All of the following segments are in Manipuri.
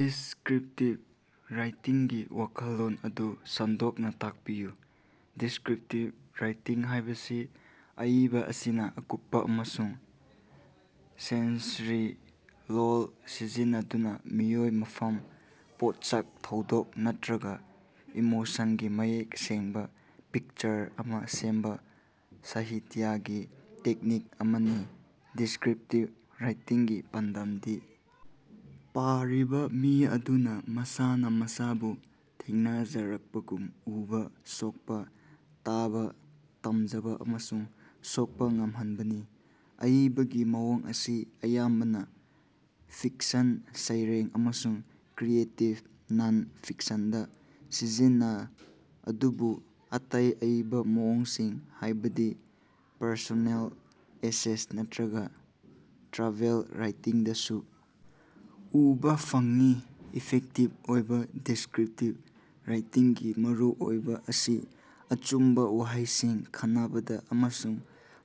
ꯗꯤꯁꯀ꯭ꯔꯤꯞꯇꯤꯚ ꯔꯥꯏꯇꯤꯡꯒꯤ ꯋꯥꯈꯜꯂꯣꯟ ꯑꯗꯨ ꯁꯟꯗꯣꯛꯅ ꯇꯥꯛꯄꯤꯌꯨ꯫ ꯗꯤꯁꯀ꯭ꯔꯤꯞꯇꯤꯚ ꯔꯥꯏꯇꯤꯡ ꯍꯥꯏꯕꯁꯤ ꯑꯏꯕ ꯑꯁꯤꯅ ꯑꯀꯨꯞꯄ ꯑꯃꯁꯨꯡ ꯁꯦꯟꯁꯔꯤ ꯂꯣꯜ ꯁꯤꯖꯤꯟꯅꯗꯨꯅ ꯃꯤꯑꯣꯏ, ꯃꯐꯝ, ꯄꯣꯠꯁꯛ, ꯊꯧꯗꯣꯛ ꯅꯠꯇ꯭ꯔꯒ ꯏꯃꯣꯁꯟꯒꯤ ꯃꯌꯦꯛ ꯁꯦꯡꯕ ꯄꯤꯛꯆꯔ ꯑꯃ ꯁꯦꯝꯕ ꯁꯥꯍꯤꯇ꯭ꯌꯒꯤ ꯇꯦꯛꯅꯤꯛ ꯑꯃꯅꯤ꯫ ꯗꯤꯁꯀ꯭ꯔꯤꯞꯇꯤꯚ ꯔꯥꯏꯇꯤꯡꯒꯤ ꯄꯥꯟꯗꯝꯗꯤ ꯄꯥꯔꯤꯕ ꯃꯤ ꯑꯗꯨꯅ ꯃꯁꯥꯅ ꯃꯁꯥꯕꯨ ꯊꯦꯡꯅꯖꯔꯛꯄꯒꯨꯝ ꯎꯕ, ꯁꯣꯛꯄ, ꯇꯥꯕ, ꯇꯝꯖꯕ ꯑꯃꯁꯨꯡ ꯁꯣꯛꯄ ꯉꯝꯍꯟꯕꯅꯤ꯫ ꯑꯏꯕꯒꯤ ꯃꯑꯣꯡ ꯑꯁꯤ ꯑꯌꯥꯝꯕꯅ ꯐꯤꯛꯁꯟ, ꯁꯩꯔꯦꯡ ꯑꯃꯁꯨꯡ ꯀ꯭ꯔꯤꯌꯦꯇꯤꯚ ꯅꯟ-ꯐꯤꯛꯁꯟꯗ ꯁꯤꯖꯤꯟꯅ ꯑꯗꯨꯕꯨ ꯑꯇꯩ ꯑꯏꯕ ꯃꯑꯣꯡꯁꯤꯡ ꯍꯥꯏꯕꯗꯤ ꯄꯔꯁꯣꯅꯦꯜ ꯑꯦꯁꯦꯁ ꯅꯠꯇ꯭ꯔꯒ ꯇ꯭ꯔꯥꯚꯦꯜ ꯔꯥꯏꯇꯤꯡꯗꯁꯨ ꯎꯕ ꯐꯪꯏ꯫ ꯏꯐꯦꯛꯇꯤꯚ ꯑꯣꯏꯕ ꯗꯤꯁꯀ꯭ꯔꯤꯞꯇꯤꯚ ꯔꯥꯏꯇꯤꯡꯒꯤ ꯃꯔꯨꯑꯣꯏꯕ ꯑꯁꯤ ꯑꯆꯨꯝꯕ ꯋꯥꯍꯩꯁꯤꯡ ꯈꯟꯅꯕꯗ ꯑꯃꯁꯨꯡ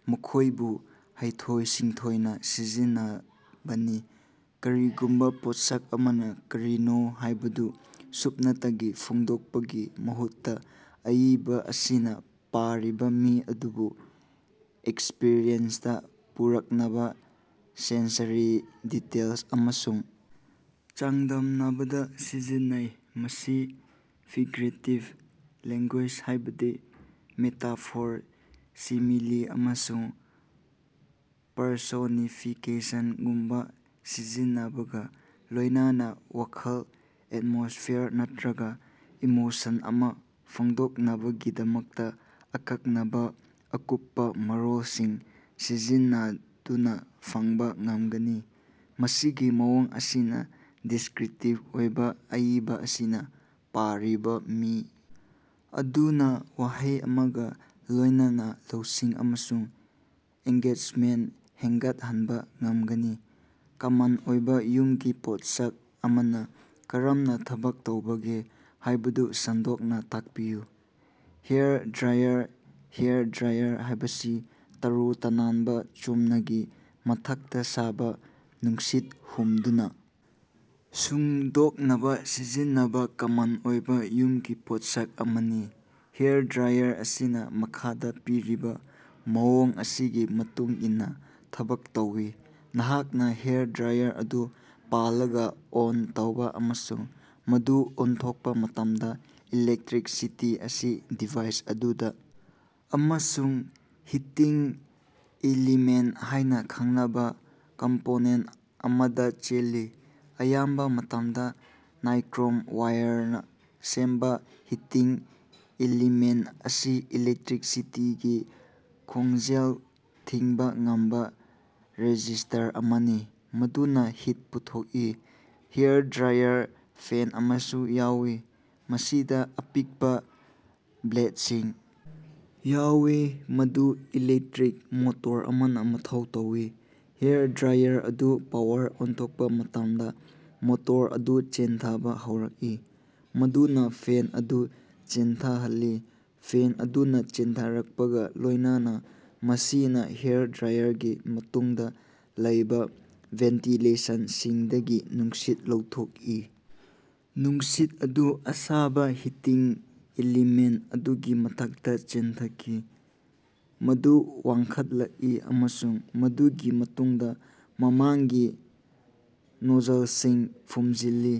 ꯃꯈꯣꯏꯕꯨ ꯍꯩꯊꯣꯏ-ꯁꯤꯡꯊꯣꯏꯅ ꯁꯤꯖꯤꯟꯅꯕꯅꯤ꯫ ꯀꯔꯤꯒꯨꯝꯕ ꯄꯣꯠꯁꯛ ꯑꯃꯅ ꯀꯔꯤꯅꯣ ꯍꯥꯏꯕꯗꯨ ꯁꯨꯞꯅꯇꯒꯤ ꯐꯣꯡꯗꯣꯛꯄꯒꯤ ꯃꯍꯨꯠꯇ ꯑꯏꯕ ꯑꯁꯤꯅ ꯄꯥꯔꯤꯕ ꯃꯤ ꯑꯗꯨꯕꯨ ꯑꯦꯛꯁꯄꯤꯔꯤꯌꯦꯟꯁꯇ ꯄꯨꯔꯛꯅꯕ ꯁꯦꯟꯁꯔꯤ ꯗꯤꯇꯦꯜꯁ ꯑꯃꯁꯨꯡ ꯆꯥꯡꯗꯝꯅꯕꯗ ꯁꯤꯖꯤꯟꯅꯩ꯫ ꯃꯁꯤ ꯐꯤꯒꯔꯦꯇꯤꯚ ꯂꯦꯡꯒꯨꯌꯦꯖ, ꯍꯥꯏꯕꯗꯤ ꯃꯦꯇꯥꯐꯣꯔ, ꯁꯤꯃꯤꯂꯤ ꯑꯃꯁꯨꯡ ꯄꯔꯁꯣꯅꯤꯐꯤꯀꯦꯁꯟꯉꯨꯝꯕ ꯁꯤꯖꯤꯟꯅꯕꯒ ꯂꯣꯏꯅꯅ ꯋꯥꯈꯜ, ꯑꯦꯠꯃꯣꯁ꯭ꯐꯤꯌꯔ ꯅꯠꯇ꯭ꯔꯒ ꯏꯃꯣꯁꯟ ꯑꯃ ꯐꯣꯡꯗꯣꯛꯅꯕꯒꯤꯗꯃꯛꯇ ꯑꯀꯛꯅꯕ ꯑꯀꯨꯞꯄ ꯃꯔꯣꯜꯁꯤꯡ ꯁꯤꯖꯤꯟꯅꯗꯨꯅ ꯐꯪꯕ ꯉꯃꯒꯅꯤ꯫ ꯃꯁꯤꯒꯤ ꯃꯑꯣꯡ ꯑꯁꯤꯅ ꯗꯤꯁꯀ꯭ꯔꯤꯞꯇꯤꯚ ꯑꯣꯏꯕ ꯑꯏꯕ ꯑꯁꯤꯅ ꯄꯥꯔꯤꯕ ꯃꯤ ꯑꯗꯨꯅ ꯋꯥꯍꯩ ꯑꯃꯒ ꯂꯣꯏꯅꯅ ꯂꯧꯁꯤꯡ ꯑꯃꯁꯨꯡ ꯑꯦꯟꯒꯦꯖꯃꯦꯟꯇ ꯍꯦꯟꯒꯠꯍꯟꯕ ꯉꯝꯒꯅꯤ꯫ ꯀꯃꯟ ꯑꯣꯏꯕ ꯌꯨꯝꯒꯤ ꯄꯣꯠꯁꯛ ꯑꯃꯅ ꯀꯔꯝꯅ ꯊꯕꯛ ꯇꯧꯕꯒꯦ ꯍꯥꯏꯕꯗꯨ ꯁꯟꯗꯣꯛꯅ ꯇꯥꯛꯄꯤꯌꯨ꯫ ꯍꯦꯌꯔ ꯗ꯭ꯔꯥꯏꯌꯔ: ꯍꯦꯌꯔ ꯗ꯭ꯔꯥꯏꯌꯔ ꯍꯥꯏꯕꯁꯤ ꯇꯔꯨ ꯇꯅꯥꯟꯕ ꯆꯨꯝꯅ ꯒꯤ ꯃꯊꯛꯇ ꯁꯥꯕ ꯅꯨꯡꯁꯤꯠ ꯍꯨꯝꯗꯨꯅ ꯁꯨꯡꯗꯣꯛꯅꯕ ꯁꯤꯖꯤꯟꯅꯕ ꯀꯃꯟ ꯑꯣꯏꯕ ꯌꯨꯝꯒꯤ ꯄꯣꯠꯁꯛ ꯑꯃꯅꯤ꯫ ꯍꯦꯌꯔ ꯗ꯭ꯔꯥꯏꯌꯔ ꯑꯁꯤꯅ ꯃꯈꯥꯗ ꯄꯤꯔꯤꯕ ꯃꯑꯣꯡ ꯑꯁꯤꯒꯤ ꯃꯇꯨꯡ ꯏꯟꯅ ꯊꯕꯛ ꯇꯧꯏ꯫ ꯅꯍꯥꯛꯅ ꯍꯦꯌꯔ ꯗ꯭ꯔꯥꯏꯌꯔ ꯑꯗꯨ ꯄꯥꯜꯂꯒ ꯑꯣꯟ ꯇꯧꯕ ꯑꯃꯁꯨꯡ ꯃꯗꯨ ꯑꯣꯟꯊꯣꯛꯄ ꯃꯇꯝꯗ ꯏꯂꯦꯛꯇ꯭ꯔꯤꯁꯤꯇꯤ ꯑꯁꯤ ꯗꯤꯚꯥꯏꯁ ꯑꯗꯨꯗ ꯑꯃꯁꯨꯡ ꯍꯤꯇꯤꯡ ꯑꯦꯂꯤꯃꯦꯟꯇ ꯍꯥꯏꯅ ꯈꯪꯅꯕ ꯀꯝꯄꯣꯅꯦꯟꯇ ꯑꯃꯗ ꯆꯦꯜꯂꯤ꯫ ꯑꯌꯥꯝꯕ ꯃꯇꯝꯗ ꯅꯥꯏꯀ꯭ꯔꯣꯝ ꯋꯥꯌꯔꯅ ꯁꯦꯝꯕ ꯍꯤꯇꯤꯡ ꯑꯦꯂꯤꯃꯦꯟꯇ ꯑꯁꯤ ꯏꯂꯦꯛꯇ꯭ꯔꯤꯁꯤꯇꯤꯒꯤ ꯈꯣꯡꯖꯦꯜ ꯊꯤꯡꯕ ꯉꯝꯕ ꯔꯦꯖꯤꯁ꯭ꯇꯔ ꯑꯃꯅꯤ꯫ ꯃꯗꯨꯅ ꯍꯤꯠ ꯄꯨꯊꯣꯛꯏ꯫ ꯍꯦꯌꯔ ꯗ꯭ꯔꯥꯏꯌꯔꯗ ꯐꯦꯟ ꯑꯃꯁꯨ ꯌꯥꯎꯏ꯫ ꯃꯁꯤꯗ ꯑꯄꯤꯛꯄ ꯕ꯭ꯂꯦꯗꯁꯤꯡ ꯌꯥꯎꯏ꯫ ꯃꯗꯨ ꯏꯂꯦꯛꯇ꯭ꯔꯤꯛ ꯃꯣꯇꯣꯔ ꯑꯃꯅ ꯃꯊꯧ ꯇꯧꯏ꯫ ꯍꯦꯌꯔ ꯗ꯭ꯔꯥꯏꯌꯔ ꯑꯗꯨ ꯄꯥꯋꯔ ꯑꯣꯟꯊꯣꯛꯄ ꯃꯇꯝꯗ ꯃꯣꯇꯣꯔ ꯑꯗꯨ ꯆꯦꯟꯊꯕ ꯍꯧꯔꯛꯏ, ꯃꯗꯨꯅ ꯐꯦꯟ ꯑꯗꯨ ꯆꯦꯟꯊꯍꯜꯂꯤ꯫ ꯐꯦꯟ ꯑꯗꯨꯅ ꯆꯦꯟꯊꯔꯛꯄꯒ ꯂꯣꯏꯅꯅ ꯃꯁꯤꯅ ꯍꯦꯌꯔ ꯗ꯭ꯔꯥꯏꯌꯔꯒꯤ ꯃꯇꯨꯡꯗ ꯂꯩꯕ ꯚꯦꯟꯇꯤꯂꯦꯁꯟꯁꯤꯡꯗꯒꯤ ꯅꯨꯡꯁꯤꯠ ꯂꯧꯊꯣꯛꯏ꯫ ꯅꯨꯡꯁꯤꯠ ꯑꯗꯨ ꯑꯁꯥꯕ ꯍꯤꯇꯤꯡ ꯑꯦꯂꯤꯃꯦꯟꯇ ꯑꯗꯨꯒꯤ ꯃꯊꯛꯇ ꯆꯦꯟꯊꯈꯤ꯫ ꯃꯗꯨ ꯋꯥꯡꯈꯠꯂꯛꯏ ꯑꯃꯁꯨꯡ ꯃꯗꯨꯒꯤ ꯃꯇꯨꯡꯗ ꯃꯃꯥꯡꯒꯤ ꯅꯣꯖꯜꯗꯁꯤꯡ ꯐꯨꯝꯖꯤꯜꯂꯤ꯫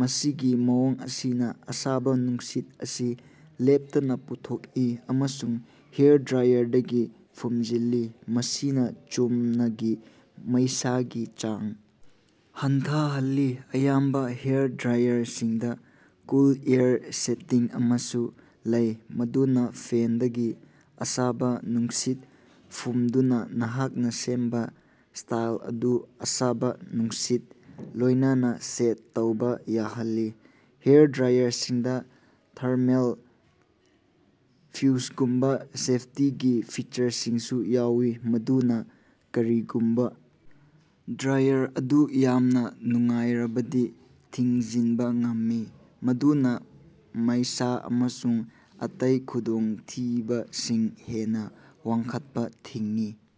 ꯃꯁꯤꯒꯤ ꯃꯑꯣꯡ ꯑꯁꯤꯅ ꯑꯁꯥꯕ ꯅꯨꯡꯁꯤꯠ ꯑꯁꯤ ꯂꯦꯞꯇꯅ ꯄꯨꯊꯣꯛꯏ ꯑꯃꯁꯨꯡ ꯍꯦꯌꯔ ꯗ꯭ꯔꯥꯏꯌꯔꯗꯒꯤ ꯐꯨꯝꯖꯤꯜꯂꯤ ꯃꯁꯤꯅ ꯆꯨꯝꯅ ꯒꯤ ꯃꯩꯁꯥꯒꯤ ꯆꯥꯡ ꯍꯟꯊꯍꯜꯂꯤ꯫ ꯑꯌꯥꯝꯕ ꯍꯦꯌꯔ ꯗ꯭ꯔꯥꯏꯌꯔꯁꯤꯡꯗ ꯀꯨꯜ ꯑꯦꯌꯔ ꯁꯦꯇꯤꯡ ꯑꯃꯁꯨ ꯂꯩ ꯃꯗꯨꯅ ꯐꯦꯟꯗꯒꯤ ꯑꯁꯥꯕ ꯅꯨꯡꯁꯤꯠ ꯐꯨꯝꯗꯨꯅ ꯅꯍꯥꯛꯅ ꯁꯦꯝꯕ ꯁ꯭ꯇꯥꯏꯜ ꯑꯗꯨ ꯑꯁꯥꯕ ꯅꯨꯡꯁꯤꯠꯀ ꯂꯣꯏꯅꯅ ꯁꯦꯠ ꯇꯧꯕ ꯌꯥꯍꯜꯂꯤ꯫ ꯍꯦꯌꯔ ꯗ꯭ꯔꯥꯏꯌꯔꯁꯤꯡꯗ ꯊꯔꯃꯦꯜ ꯐ꯭ꯌꯨꯖꯒꯨꯝꯕ ꯁꯦꯐꯇꯤꯒꯤ ꯐꯤꯆꯔꯁꯤꯡꯁꯨ ꯌꯥꯎꯏ ꯃꯗꯨꯅ ꯀꯔꯤꯒꯨꯝꯕ ꯗ꯭ꯔꯥꯏꯌꯔ ꯑꯗꯨ ꯌꯥꯝꯅ ꯅꯨꯡꯉꯥꯏꯔꯕꯗꯤ ꯊꯤꯡꯖꯤꯟꯕ ꯉꯝꯃꯤ꯫ ꯃꯗꯨꯅ ꯃꯩꯁ ꯑꯃꯁꯨꯡ ꯑꯇꯩ ꯈꯨꯗꯣꯡꯊꯤꯕꯁꯤꯡ ꯍꯦꯟꯅ ꯋꯥꯡꯈꯠꯄ ꯊꯤꯡꯏ꯫